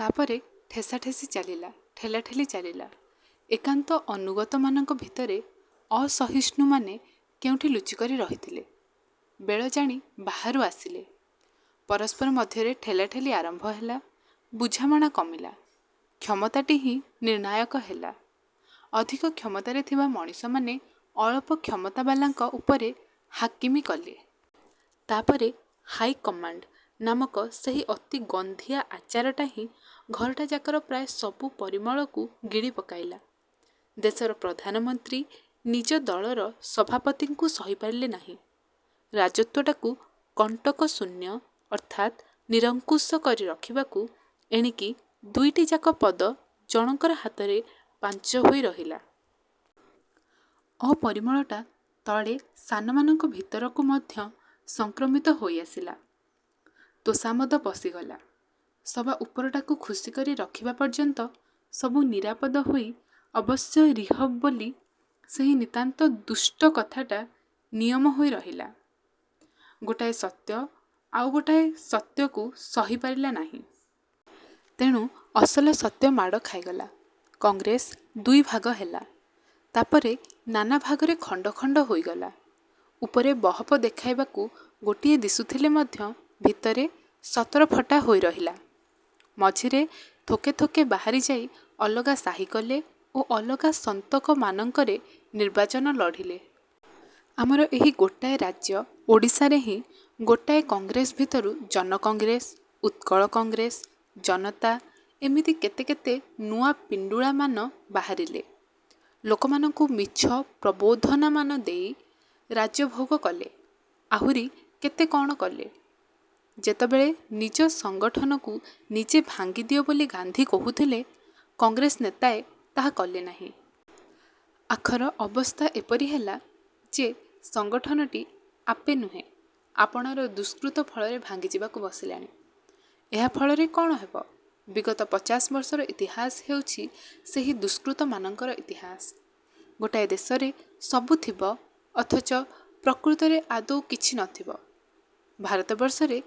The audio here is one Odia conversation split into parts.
ତାପରେ ଠେଁସାଠେସିଁ ଚାଲିଲା, ଠେଲାଠେଲି ଚାଲିଲା। ଏକାନ୍ତ ଅନୁଗତମାନଙ୍କ ଭିତରେ ଅସହିଷ୍ଣୁମାନେ କୋଉଠି ଲୁଚିକରି ରହିଥିଲେ, ବେଳ ଜାଣି ବାହାରକୁ ଆସିଲେ। ପରସ୍ପର ମଧ୍ୟରେ ଠେଲାଠେଲି ଆରମ୍ଭ ହେଲା। ବୁଝାମଣା କମିଲା, କ୍ଷମତାଟି ହିଁ ନିର୍ଣ୍ଣାୟକ ହେଲା। ଅଧିକ କ୍ଷମତାରେ ଥିବା ମଣିଷମାନେ ଅଳପ କ୍ଷମତାବାଲାଙ୍କ ଉପରେ ହାକିମୀ କଲେ। ତା'ପରେ ହାଇକମାଣ୍ଡ ନାମକ ସେହି ଅତି ଗନ୍ଧିଆ ଆଚାରଟା ହିଁ ଘରଟା ଯାକର ପ୍ରାୟ ସବୁ ପରିମଳକୁ ଗିଳି ପକାଇଲା। ଦେଶର ପ୍ରଧାନମନ୍ତ୍ରୀ ନିଜ ଦଳର ସଭାପତିଙ୍କୁ ସହି ପାରିଲେ ନାହିଁ। ରାଜତ୍ୱଟାକୁ କଣ୍ଟକଶୂନ୍ୟ ଅର୍ଥାତ୍ ନିରଙ୍କୁଶ କରି ରଖିବାକୁ ଏଣିକି ଦୁଇଟିଯାକ ପଦ ଜଣକର ହାତର ପାଞ୍ଚ ହୋଇ ରହିଲା। ଅପରିମଳଟା ତଳେ ସାନମାନଙ୍କ ଭିତରକୁ ମଧ୍ୟ ସଂକ୍ରମିତ ହୋଇ ଆସିଲା। ତୋଷାମଦ ପଶିଗଲା। ସବାଉପରଟାକୁ ଖୁସିକରି ରଖିବା ପର୍ଯ୍ୟନ୍ତ ସବୁ ନିରାପଦ ହୋଇ ଅବଶ୍ୟ ରିହବ ବୋଲି ସେହି ନିତାନ୍ତ ଦୁଷ୍ଟ କଥାଟା ନିୟମ ହୋଇ ରହିଲା। ଗୋଟାଏ ସତ୍ୟ ଆଉ ଗୋଟାଏ ସତ୍ୟକୁ ସହି ପାରିଲା ନାହିଁ। ତେଣୁ ଅସଲ ସତ୍ୟ ମାଡ଼ ଖାଇଗଲା। କଂଗ୍ରେସ ଦୁଇଭାଗ ହେଲା, ତା'ପରେ ନାନା ଭାଗରେ ଖଣ୍ଡ ଖଣ୍ଡ ହୋଇଗଲା। ଉପରେ ବହପ ଦେଖାଇବାକୁ ଗୋଟିଏ ଦିଶୁଥିଲେ ମଧ୍ୟ ଭିତରେ ସତରଫଟା ହୋଇ ରହିଲା। ମଝିରେ ଥୋକେ ଥୋକେ ବାହାରିଯାଇ ଅଲଗା ସାହି କଲେ ଓ ଅଲଗା ସନ୍ତକମାନଙ୍କରେ ନିର୍ବାଚନ ଲଢ଼ିଲେ। ଆମର ଏହି ଗୋଟାଏ ରାଜ୍ୟ ଓଡ଼ିଶାରେ ହିଁ ଗୋଟାଏ କଂଗ୍ରେସ ଭିତରୁ ଜନକଂଗ୍ରେସ, ଉତ୍କଳ କଂଗ୍ରେସ, ଜନତା ଏମିତି କେତେ କେତେ ନୂଆ ପିଣ୍ଡୁଳାମାନ ବାହାରିଲେ। ଲୋକମାନଙ୍କୁ ମିଛ ପ୍ରବୋଧନାମାନ ଦେଇ ରାଜ୍ୟ ଭୋଗ କଲେ। ଆହୁରି କେତେ କ'ଣ କଲେ। ଯେତେବେଳେ ନିଜ ସଂଗଠନକୁ ନିଜେ ଭାଙ୍ଗିଦିଅ ବୋଲି ଗାନ୍ଧୀ କହୁଥିଲେ, କଂଗ୍ରେସ ନେତାଏ ତାହା କଲେ ନାହିଁ। ଆଖର ଅବସ୍ଥା ଏପରି ହେଲା,। ଯେ, ସଂଗଠନଟି ଆପେ ନୁହେଁ, ଆପଣାର ଦୁଷ୍କୃତ ଫଳରେ ଭାଙ୍ଗିଯିବାକୁ ବସିଲାଣି। ଏହା ଫଳରେ କ'ଣ ହେବ? ବିଗତ ପଚାଶ ବର୍ଷର ଇତିହାସ ହେଉଛି ସେହି ଦୁଷ୍କୃତମାନଙ୍କର ଇତିହାସ। ଗୋଟାଏ ଦେଶରେ ସବୁ ଥିବ, ଅଥଚ ପ୍ରକୃତରେ ଆଦୌ କିଛି ନଥିବ,- ଭାରତବର୍ଷରେ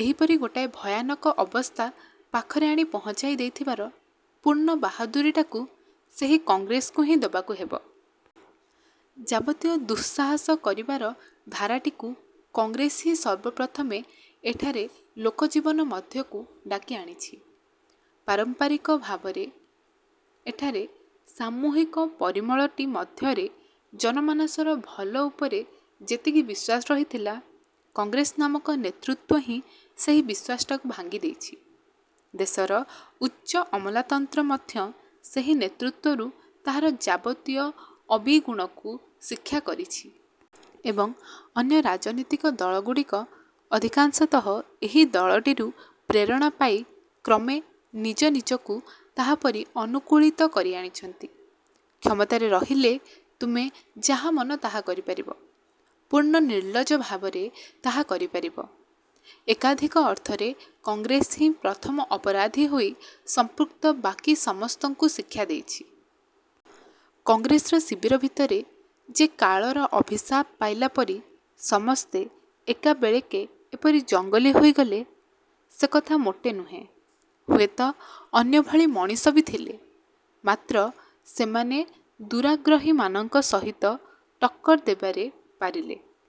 ଏହିପରି ଗୋଟିଏ ଭୟାନକ ଅବସ୍ଥା ପାଖରେ ଆଣି ପହଞ୍ଚାଇ ଦେଇ ଥିବାର ପୂର୍ଣ୍ଣ ବାହାଦୂରୀଟାକୁ ସେହି କଂଗ୍ରେସକୁ ହିଁ ଦେବାକୁ ହେବ-। ଯାବତୀୟ ଦୁଃସାହସ କରିବାର ଧାରାଟିକୁ କଂଗ୍ରେସ ହିଁ ସର୍ବପ୍ରଥମେ ଏଠାରେ ଲୋକଜୀବନ ମଧ୍ୟକୁ ଡାକି ଆଣିଛି। ପାରମ୍ପରିକ ଭାବରେ ଏଠାରେ ସାମୂହିକ ପରିମଳଟି ମଧ୍ୟରେ ଜନମାନସର ଭଲ ଉପରେ ଯେତିକି ବିଶ୍ୱାସ ରହିଥିଲା, କଂଗ୍ରେସ ନାମକ ନେତୃତ୍ୱ ହିଁ ସେହି ବିଶ୍ୱାସଟାକୁ ଭାଙ୍ଗି ଦେଇଛି। ଦେଶର ଉଚ୍ଚ ଅମଲାତନ୍ତ୍ର ମଧ୍ୟ ସେହି ନେତୃତ୍ୱରୁ ତାହାର ଯାବତୀୟ ଅବିଗୁଣକୁ ଶିକ୍ଷା କରିଛି। ଏବଂ, ଅନ୍ୟ ରାଜନୀତିକ ଦଳଗୁଡ଼ିକ ଅଧିକାଂଶତଃ ଏହି ଦଳଟିରୁ ପ୍ରେରଣା ପାଇ କ୍ରମେ ନିଜ ନିଜକୁ ତାହାରି ପରି ଅନୁକୂଳିତ କରିଆଣିଛନ୍ତି। କ୍ଷମତାରେ ରହିଲେ ତୁମେ ଯାହା ମନ ତାହା କରିପାରିବ, ପୂର୍ଣ୍ଣ ନିର୍ଲଜ୍ଜ ଭାବରେ ତାହା କରିପାରିବ, ଏକାଧିକ ଅର୍ଥରେ କଂଗ୍ରେସ ହିଁ ପ୍ରଥମ ଅପରାଧୀ ହୋଇ ସମ୍ପୃକ୍ତ ବାକୀ ସମସ୍ତଙ୍କୁ ଶିକ୍ଷା ଦେଇଛି। କଂଗ୍ରେସର ଶିବିର ଭିତରେ ଯେ କାଳର ଅଭିଶାପ ପାଇଲା ପରି ସମସ୍ତେ ଏକାବେଳେକେ ଏପରି ଜଙ୍ଗଲୀ ହୋଇଗଲେ, ସେ କଥା ମୋଟେ ନୁହେଁ। ହୁଏତ ଅନ୍ୟଭଳି ମଣିଷ ବି ଥିଲେ, ମାତ୍ର ସେମାନେ ଦୁରାଗ୍ରହୀମାନଙ୍କ ସହିତ ଟକ୍କର ଦେବାରେ ପାରିଲେ